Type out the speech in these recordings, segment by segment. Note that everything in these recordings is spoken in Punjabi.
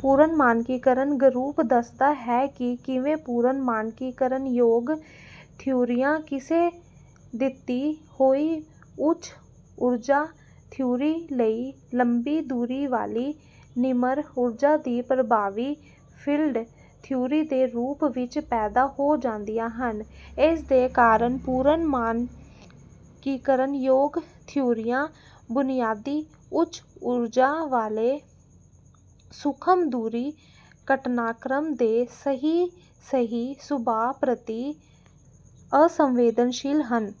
ਪੁਨਰ-ਮਾਨਕੀਕਰਨ ਗਰੁੱਪ ਦੱਸਦਾ ਹੈ ਕਿ ਕਿਵੇਂ ਪੁਨਰ-ਮਾਨਕੀਕਰਨਯੋਗ ਥਿਊਰੀਆਂ ਕਿਸੇ ਦਿੱਤੀ ਹੋਈ ਉੱਚ-ਊਰਜਾ ਥਿਊਰੀ ਲਈ ਲੰਬੀ ਦੂਰੀ ਵਾਲੀ ਨਿਮਰ-ਊਰਜਾ ਦੀ ਪ੍ਰਭਾਵੀ ਫੀਲਡ ਥਿਊਰੀ ਦੇ ਰੂਪ ਵਿੱਚ ਪੈਦਾ ਹੋ ਜਾਂਦੀਆਂ ਹਨ। ਇਸਦੇ ਕਾਰਨ ਪੁਨਰ-ਮਾਨਕੀਕਰਨਯੋਗ ਥਿਊਰੀਆਂ ਬੁਨਿਆਦੀ ਉੱਚ-ਊਰਜਾ ਵਾਲੇ ਸੂਖਮ-ਦੂਰੀ ਘਟਨਾਕ੍ਰਮ ਦੇ ਸਹੀ ਸਹੀ ਸੁਭਾਅ ਪ੍ਰਤਿ ਅਸੰਵੇਦਨਸ਼ੀਲ ਹਨ।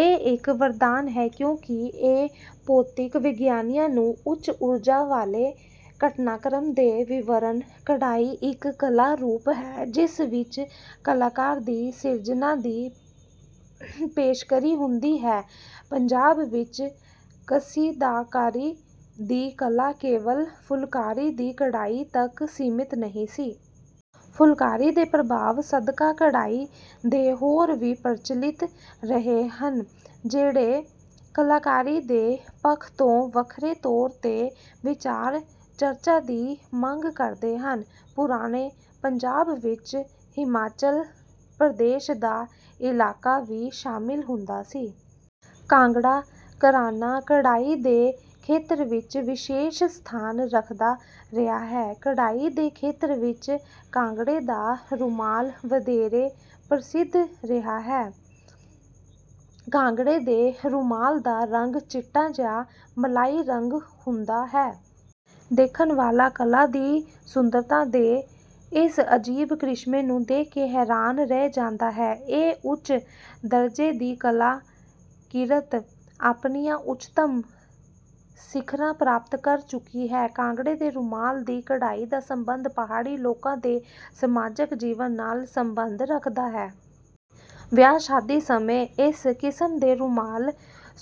ਇਹ ਇੱਕ ਵਰਦਾਨ ਹੈ ਕਿਉਂਕਿ ਇਹ ਭੌਤਿਕ ਵਿਗਿਆਨੀਆਂ ਨੂੰ ਉੱਚ-ਊਰਜਾ ਵਾਲੇ ਘਟਨਾਕ੍ਰਮ ਦੇ ਵਿਵਰਣ। ਕਢਾਈ ਇੱਕ ਕਲਾ ਰੂਪ ਹੈ ਜਿਸ ਵਿੱਚ ਕਲਾਕਾਰ ਦੀ ਸਿਰਜਨਾ ਦੀ ਪੇਸ਼ਕਰੀ ਹੁੰਦੀ ਹੈ। ਪੰਜਾਬ ਵਿਚ ਕਸੀਦਾਕਾਰੀ ਦੀ ਕਲਾ ਕੇਵਲ ਫੁਲਕਾਰੀ ਦੀ ਕਢਾਈ ਤੱਕ ਸੀਮਤ ਨਹੀਂ ਸੀ। ਫੁਲਕਾਰੀ ਦੇ ਪ੍ਰਭਾਵ ਸਦਕਾ ਕਢਾਈ ਦੇ ਹੋਰ ਵੀ ਪ੍ਰਚਲਿਤ ਰਹੇ ਹਨ ਜਿਹੜੇ ਕਲਾਕਾਰੀ ਦੇ ਪੱਖ ਤੋਂ ਵੱਖਰੇ ਤੌਰ ਤੇ ਵਿਚਾਰ ਚਰਚਾ ਦੀ ਮੰਗ ਕਰਦੇ ਹਨ। ਪੁਰਾਣੇ ਪੰਜਾਬ ਵਿਚ ਹਿਮਾਚਲ ਪ੍ਰਦੇਸ਼ ਦਾ ਇਲਾਕਾ ਵੀ ਸ਼ਾਮਿਲ ਹੁੰਦਾ ਸੀ। ਕਾਂਗੜਾ ਘਰਾਣਾ ਕਢਾਈ ਦੇ ਖੇਤਰ ਵਿਚ ਵਿਸ਼ੇਸ਼ ਸਥਾਨ ਰੱਖਦਾ ਰਿਹਾ ਹੈ। ਕਢਾਈ ਦੇ ਖੇਤਰ ਵਿਚ ਕਾਂਗੜੇ ਦਾ ਰੁਮਾਲ ਵਧੇਰੇ ਪ੍ਰਸਿੱਧ ਰਿਹਾ ਹੈ। ਕਾਂਗੜੇ ਦੇ ਰੁਮਾਲ ਦਾ ਰੰਗ ਚਿੱਟਾ ਜਾਂ ਮਲਾਈ ਰੰਗ ਹੁੰਦਾ ਹੈ। ਦੇਖਣ ਵਾਲਾ ਕਲਾ ਦੀ ਸੁੰਦਰਤਾ ਦੇ ਇਸ ਅਜੀਬ ਕ੍ਰਿਸ਼ਮੇ ਨੂੰ ਦੇਖ ਕੇ ਹੈਰਾਨ ਰਹਿ ਜਾਂਦਾ ਹੈ। ਇਹ ਉੱਚ-ਦਰਜੇ ਦੀ ਕਲਾ ਕਿਰਤ ਆਪਣੀਆਂ ਉਚਤਮ ਸਿਖਰਾਂ ਪ੍ਰਾਪਤ ਕਰ ਚੁੱਕੀ ਹੈ। ਕਾਂਗੜੇ ਦੇ ਰੁਮਾਲ ਦੀ ਕਢਾਈ ਦਾ ਸੰਬੰਧ ਪਹਾੜੀ ਲੋਕਾਂ ਦੇ ਸਮਾਜਕ ਜੀਵਨ ਨਾਲ ਸੰਬੰਧ ਰੱਖਦਾ ਹੈ। ਵਿਆਹ ਸ਼ਾਦੀ ਸਮੇਂ ਇਸ ਕਿਸਮ ਦੇ ਰੁਮਾਲ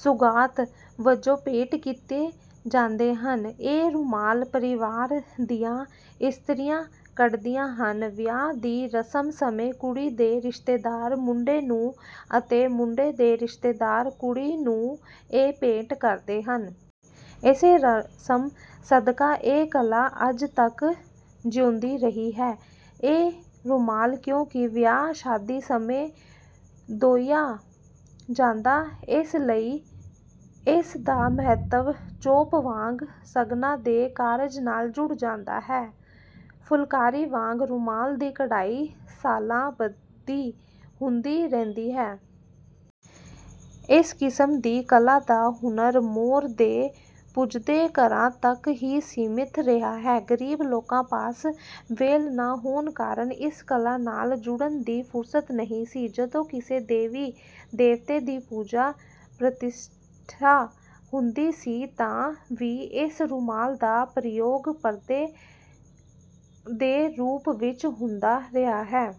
ਸੁਗਾਤ ਵਜੋਂ ਭੇਟ ਕੀਤੇ ਜਾਂਦੇ ਹਨ। ਇਹ ਰੁਮਾਲ ਪਰਿਵਾਰ ਦੀਆਂ ਇਸਤਰੀਆਂ ਕੱਢਦੀਆਂ ਹਨ। ਵਿਆਹ ਦੀ ਰਸਮ ਸਮੇਂ ਕੁੜੀ ਦੇ ਰਿਸ਼ਤੇਦਾਰ ਮੁੰਡੇ ਨੂੰ ਅਤੇ ਮੁੰਡੇ ਦੇ ਰਿਸ਼ਤੇਦਾਰ ਕੁੜੀ ਨੂੰ ਇਹ ਭੇਂਟ ਕਰਦੇ ਹਨ। ਇਸੇ ਰਸਮ ਸਦਕਾ ਇਹ ਕਲਾ ਅੱਜ ਤੱਕ ਜਿਊਂਦੀ ਰਹੀ ਹੈ। ਇਹ ਰੁਮਾਲ ਕਿਉਂਕਿ ਵਿਆਹ ਸ਼ਾਦੀ ਸਮੇਂ ਢੋਇਆ ਜਾਂਦਾ ਇਸ ਲਈ ਇਸ ਦਾ ਮਹੱਤਵ ਚੋਪ ਵਾਂਗ ਸ਼ਗਨਾਂ ਦੇ ਕਾਰਜ ਨਾਲ ਜੁੜ ਜਾਂਦਾ ਹੈ। ਫੁਲਕਾਰੀ ਵਾਂਗ ਰੁਮਾਲ ਦੀ ਕਢਾਈ ਸਾਲਾਂ ਬੱਦੀ ਹੁੰਦੀ ਰਹਿੰਦੀ ਸੀ। ਇਸ ਕਿਸਮ ਦੀ ਕਲਾ ਦਾ ਹੁਨਰ ਮੋਰ ਦੇ ਪੁੱਜਦੇ ਘਰਾਂ ਤੱਕ ਹੀ ਸੀਮਿਤ ਰਿਹਾ ਹੈ। ਗ਼ਰੀਬ ਲੋਕਾਂ ਪਾਸ ਵਿਹਲ ਨਾ ਹੋਣ ਕਾਰਣ ਇਸ ਕਲਾ ਨਾਲ ਜੁੜਨ ਦੀ ਫੁਰਸਤ ਨਹੀਂ ਸੀ। ਜਦੋਂ ਕਿਸੇ ਦੇਵੀ ਦੇਵਤੇ ਦੀ ਪੂਜਾ ਪ੍ਰਤਿਸ਼ਠਾ ਹੁੰਦੀ ਸੀ ਤਾਂ ਵੀ ਇਸ ਰੁਮਾਲ ਦਾ ਪ੍ਰਯੋਗ ਪਰਦੇ ਦੇ ਰੂਪ ਵਿਚ ਹੁੰਦਾ ਰਿਹਾ ਹੈ।